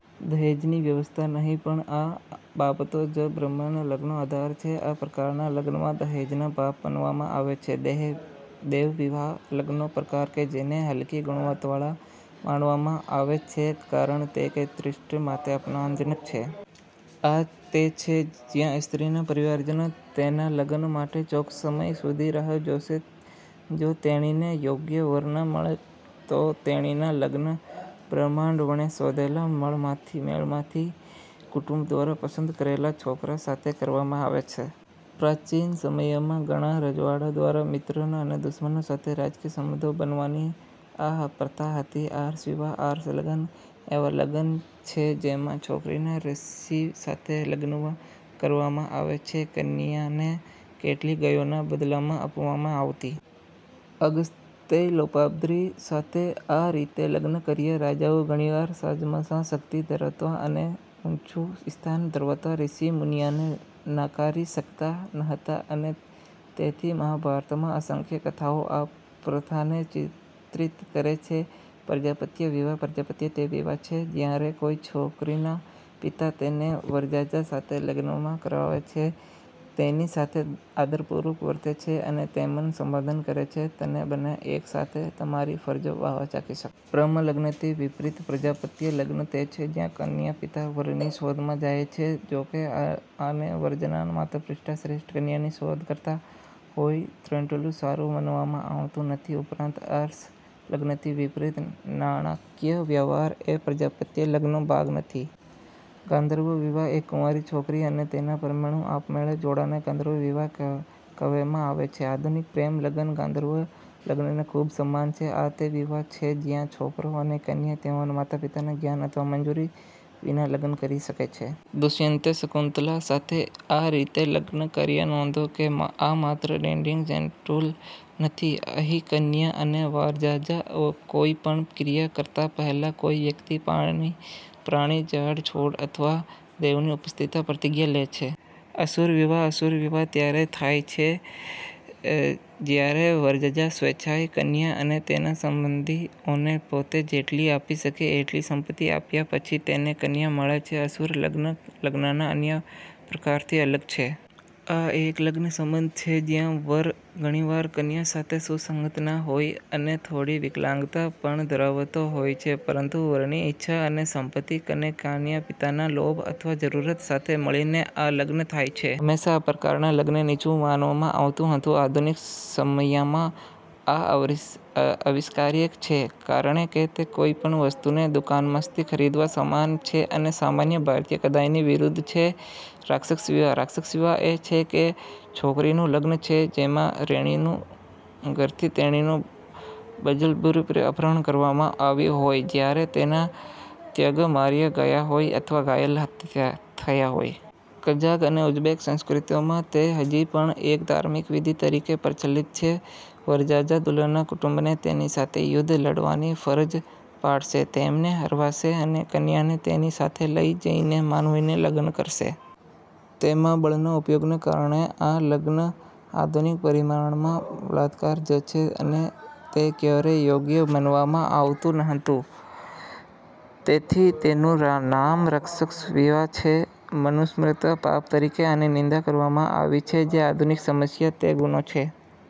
દહેજની વ્યવસ્થા નહીં પણ આ બાબતો જ બ્રહ્મ લગ્નનો આધાર છે. આ પ્રકારના લગ્નમાં દહેજને પાપ માનવામાં આવે છે. દૈવ વિવાહ લગ્નનો પ્રકાર કે જેને હલકી ગુણવત્તાવાળા માનવામાં આવે છે કારણ કે તે સ્ત્રીત્વ માટે અપમાનજનક છે. આ તે છે જ્યાં સ્ત્રીના પરિવારજનો તેના લગ્ન માટે ચોક્કસ સમય સુધી રાહ જોશે. જો તેણીને યોગ્ય વર ન મળે, તો તેણીના લગ્ન બ્રાહ્મણ વડે શોધેલા મેળમાંથી કુટુંબ દ્વારા પસંદ કરેલા છોકરા સાથે કરવામાં આવશે. પ્રાચીન સમયમાં ઘણા રજવાડાઓ દ્વારા મિત્રો અને દુશ્મનો સાથે રાજકીય સંબંધો બનાવવાની આ પ્રથા હતી. આર્ષ વિવાહ આર્ષ લગ્ન એવા લગ્ન છે જેમાં છોકરીના ઋષિ સાથે લગ્ન કરવામાં આવે છે. કન્યાને કેટલીક ગાયોના બદલામાં આપવામાં આવતી. અગસ્ત્યે લોપામુદ્રા સાથે આ રીતે લગ્ન કર્યા. રાજાઓ ઘણીવાર સમાજમાં શક્તિ ધરાવતા અને ઊંચું સ્થાન ધરાવતા ઋષિ મુનિઓને નકારી શકતા નહીં અને તેથી મહાભારતમાં અસંખ્ય કથાઓ જે આ પ્રથાને ચિત્રિત કરે છે. પ્રજાપત્ય વિવાહ પ્રજાપત્ય તે વિવાહ છે જ્યારે કોઈ છોકરીના પિતા તેને વરરાજા સાથે લગ્નમાં કરાવે છે, તેની સાથે આદરપૂર્વક વર્તે છે અને તેમને સંબોધન કરે છે: 'તમે બંને એક સાથે તમારી ફરજો બજાવી શકો'. બ્રહ્મ લગ્નથી વિપરીત, પ્રજાપત્ય લગ્ન તે છે જ્યાં કન્યાના પિતા વરની શોધમાં જાય છે, જોકે, આને વરરાજાના માતાપિતા શ્રેષ્ઠ કન્યાની શોધ કરતા હોય તેટલું સારું માનવામાં આવતું નથી. ઉપરાંત, આર્ષ લગ્નથી વિપરીત, નાણાકીય વ્યવહાર એ પ્રજાપત્ય લગ્નનો ભાગ નથી. ગાંધર્વ વિવાહ એક કુંવારી છોકરી અને તેના પ્રેમીના આપમેળે જોડાણને ગાંધર્વ વિવાહ કહેવામાં આવે છે. આધુનિક 'પ્રેમ' લગ્ન ગંધર્વ લગ્નને ખૂબ સમાન છે. આ તે વિવાહ છે જ્યાં છોકરો અને કન્યા તેમના માતાપિતાના જ્ઞાન અથવા મંજૂરી વિના લગ્ન કરી શકે છે. દુષ્યંતે શકુંતલા સાથે આ રીતે લગ્ન કર્યા. નોંધો કે આ માત્ર ડેટિંગ જેટલું નથી. અહીં કન્યા અને વરરાજા કોઈ પણ ક્રિયા કરતા પહેલા, કોઈ વ્યક્તિ, પ્રાણી, ઝાડ, છોડ અથવા દેવની ઉપસ્થિતિમાં પ્રતિજ્ઞા લે છે. અસુર વિવાહ અસુર વિવાહ ત્યારે થાય છે જ્યારે વરરાજા સ્વેચ્છાએ કન્યા અને તેના સંબંધીઓને પોતે જેટલી આપી શકે એટલી સંપત્તિ આપ્યા પછી તેને કન્યા મળે છે. અસુર લગ્ન લગ્નના અન્ય પ્રકારોથી અલગ છે. આ એક લગ્નસંબંધ છે જ્યાં વર ઘણીવાર કન્યા સાથે સુસંગત ન હોય અને થોડી વિકલાંગતા પણ ધરાવતો હોય છે, પરંતુ વરની ઇચ્છા અને સંપત્તિ અને કન્યાના પિતાના લોભ અથવા જરૂરિયાત સાથે મળીને આ લગ્ન થાય છે. હંમેશા આ પ્રકારના લગ્નને નીચું માનવામાં આવતું હતું. આધુનિક સમયમાં આ અસ્વીકાર્ય છે કારણ કે તે કોઈ પણ વસ્તુને દુકાનમાંથી ખરીદવા સમાન છે અને સામાન્ય ભારતીય કાયદાની વિરુદ્ધ છે. રાક્ષસ વિવાહ રાક્ષસ વિવાહ એ એક છોકરીનું લગ્ન છે જેમાં તેણીના ઘરેથી તેણીનું બળજબરીપૂર્વક અપહરણ કરવામાં આવ્યું હોય, જ્યારે તેના સગાઓ માર્યા ગયા હોય અથવા ઘાયલ થયા હોય. કઝાક અને ઉઝ્બેક સંસ્કૃતિઓમાં તે હજી પણ એક ધાર્મિક વિધિ તરીકે પ્રચલિત છે. વરરાજા દુલ્હનના કુટુંબને તેની સાથે યુદ્ધ લડવાની ફરજ પાડશે, તેમને હરાવશે અને કન્યાને તેની સાથે લઇ જઈને મનાવીને લગ્ન કરશે. તેમાં બળના ઉપયોગને કારણે આ લગ્ન આધુનિક પરિમાણમાં બળાત્કાર જ છે, અને તે ક્યારેય યોગ્ય માનવામાં આવતું નહોતું તેથી તેનું નામ રાક્ષસ વિવાહ છે. મનુસ્મૃતિમાં પાપ તરીકે આની નિંદા કરવામાં આવી છે. આધુનિક સમયમાં તે ગુનો છે.